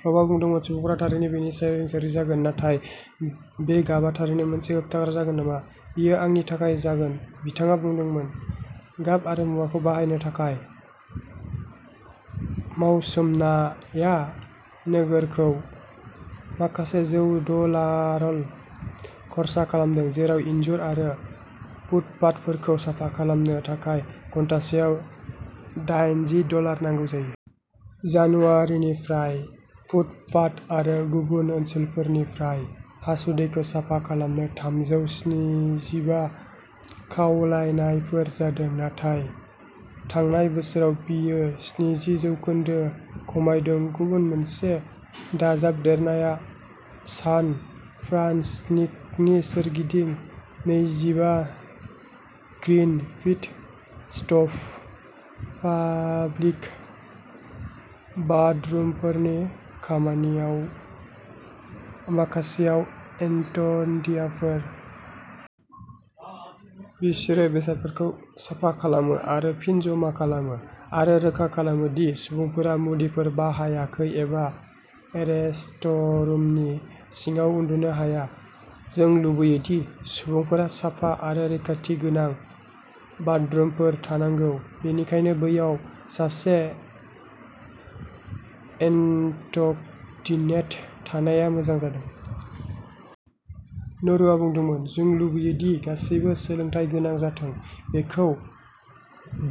कल्बआ बुंदोंमोन, सुबुंफोरा थारैनो बेनि सायाव हिंसायारि जागोन, नाथाय बे गाबआ थारैनो मोनसे होबथाग्रा जागोन नामा? बेयो आंनि थाखाय जागोन, बिथाङा बुंदोंमोन। गाब आरो मुवाखौ बाहायनो थाखाय मावसोमनाया नोगोरखौ माखासे जौ डलारल' खर्सा खालामदों, जेराव इनजुर आरो फुटपाथफोरखौ साफा खालामनो थाखाय घन्टासेआव दायनजि डलार नांगौ जायो। जानुवारिनिफ्राय, फुटपाथ आरो गुबुन ओनसोलफोरनिफ्राय हासुदैखौ साफा खालामनो थामजौ स्निजिबा खावलायनायफोर जादों। नाथाय थांनाय बोसोराव बेयो जिस्नि जौखोन्दो खमायदों। गुबुन मोनसे दाजाबदेरनाया सान फ्रान्सिस्क'नि सोरगिदिं नैजिबा ग्रीन पिट स्टप पाब्लिक बाथरुमफोरनि खामानिआव माखासेयाव एन्डडियाफोर। बिसोरो बेसादफोरखौ साफा खालामो आरो फिन जमा खालामो आरो रोखा खालामो दि सुबुंफोरा मुलिफोर बाहायाखै एबा रेस्टरुमनि सिङाव उन्दुनो हाया। जों लुबैयो दि सुबुंफोरा साफा आरो रैखाथि गोनां बाथरुमफोर थानांगौ, बेनिखायनो बैयाव सासे एन्टकटिनेड थानाया मोजां जादों। नुरुआ बुंदोंमोन, जों लुबैयो दि गासैबो सोलोंथाय गोनां जाथों। बेखौ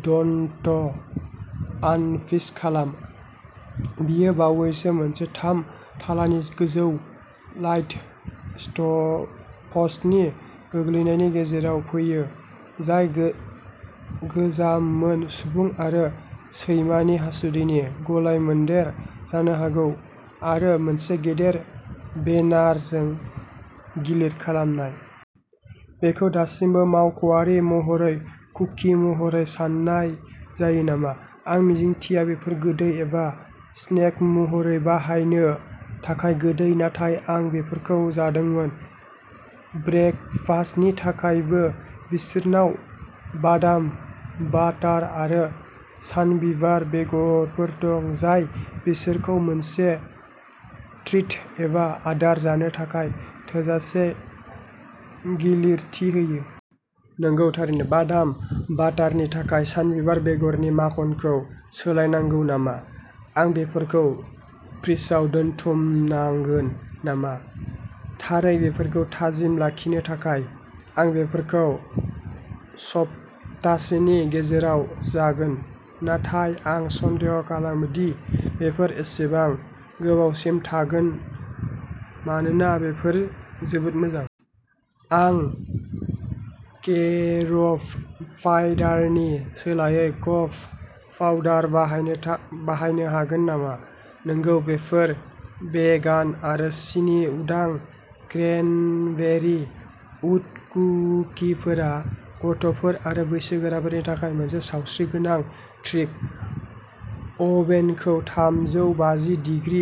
दन्ट आनजिप खालाम। बेयो बावैसो मोनसे थाम थालानि गोजौ लाइट पस्टनि गोग्लैनायनि गेजेराव फैयो, जाय गोजाममोन, सुबुं आरो सैमानि हासुदैनि गलायमोन्देर जानो हागौ, आरो मोनसे गिदिर बेनारजों गिलिर खालामनाय। बेखौ दासिमबो मावख'आरि महरै कुकि महरै सान्नाय जायो नामा? आं मिजिंथियो बेफोर गोदै एबा स्नेक महरै बाहायनो थाखाय गोदै, नाथाय आं बेफोरखौ जादोंमोन। ब्रेकफास्टनि थाखायबो। बिसोरनाव बादाम बाटार आरो सानबिबार बेगरफोर दं, जाय बिसोरखौ मोनसे ट्रिट एबा आदार जानो थाखाय थोजासे गिलिरथि होयो। नंगौ, थारैनो। बादाम बाटारनि थाखाय सानबिबार बेगरनि माखनखौ सोलायनांगौ नामा? आं बेफोरखौ फ्रिजआव दोनथुमनांगोन नामा? थारै, बेफोरखौ थाजिम लाखिनो थाखाय। आं बेफोरखौ सप्तासेनि गेजेराव जागोन, नाथाय आं सन्देह खालामो दि बेफोर एसेबां गोबावसिम थागोन मानोना बेफोर जोबोद मोजां। आं केरब पाइडारनि सोलायै कक' पाउडार बाहायनोथा बाहायनो हागोन नामा? नंगौ! बेफोर भेगान आरो सिनि उदां क्रेनबेरि उट कुकिफोरा गथ'फोर आरो बैसोगोराफोरनि थाखाय मोनसे सावस्रिगोनां ट्रिट! अभेनखौ थामजौ बाजि डीग्रि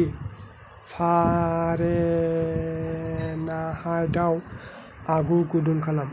फारेनहाइटआव आगु गुदुं खालाम।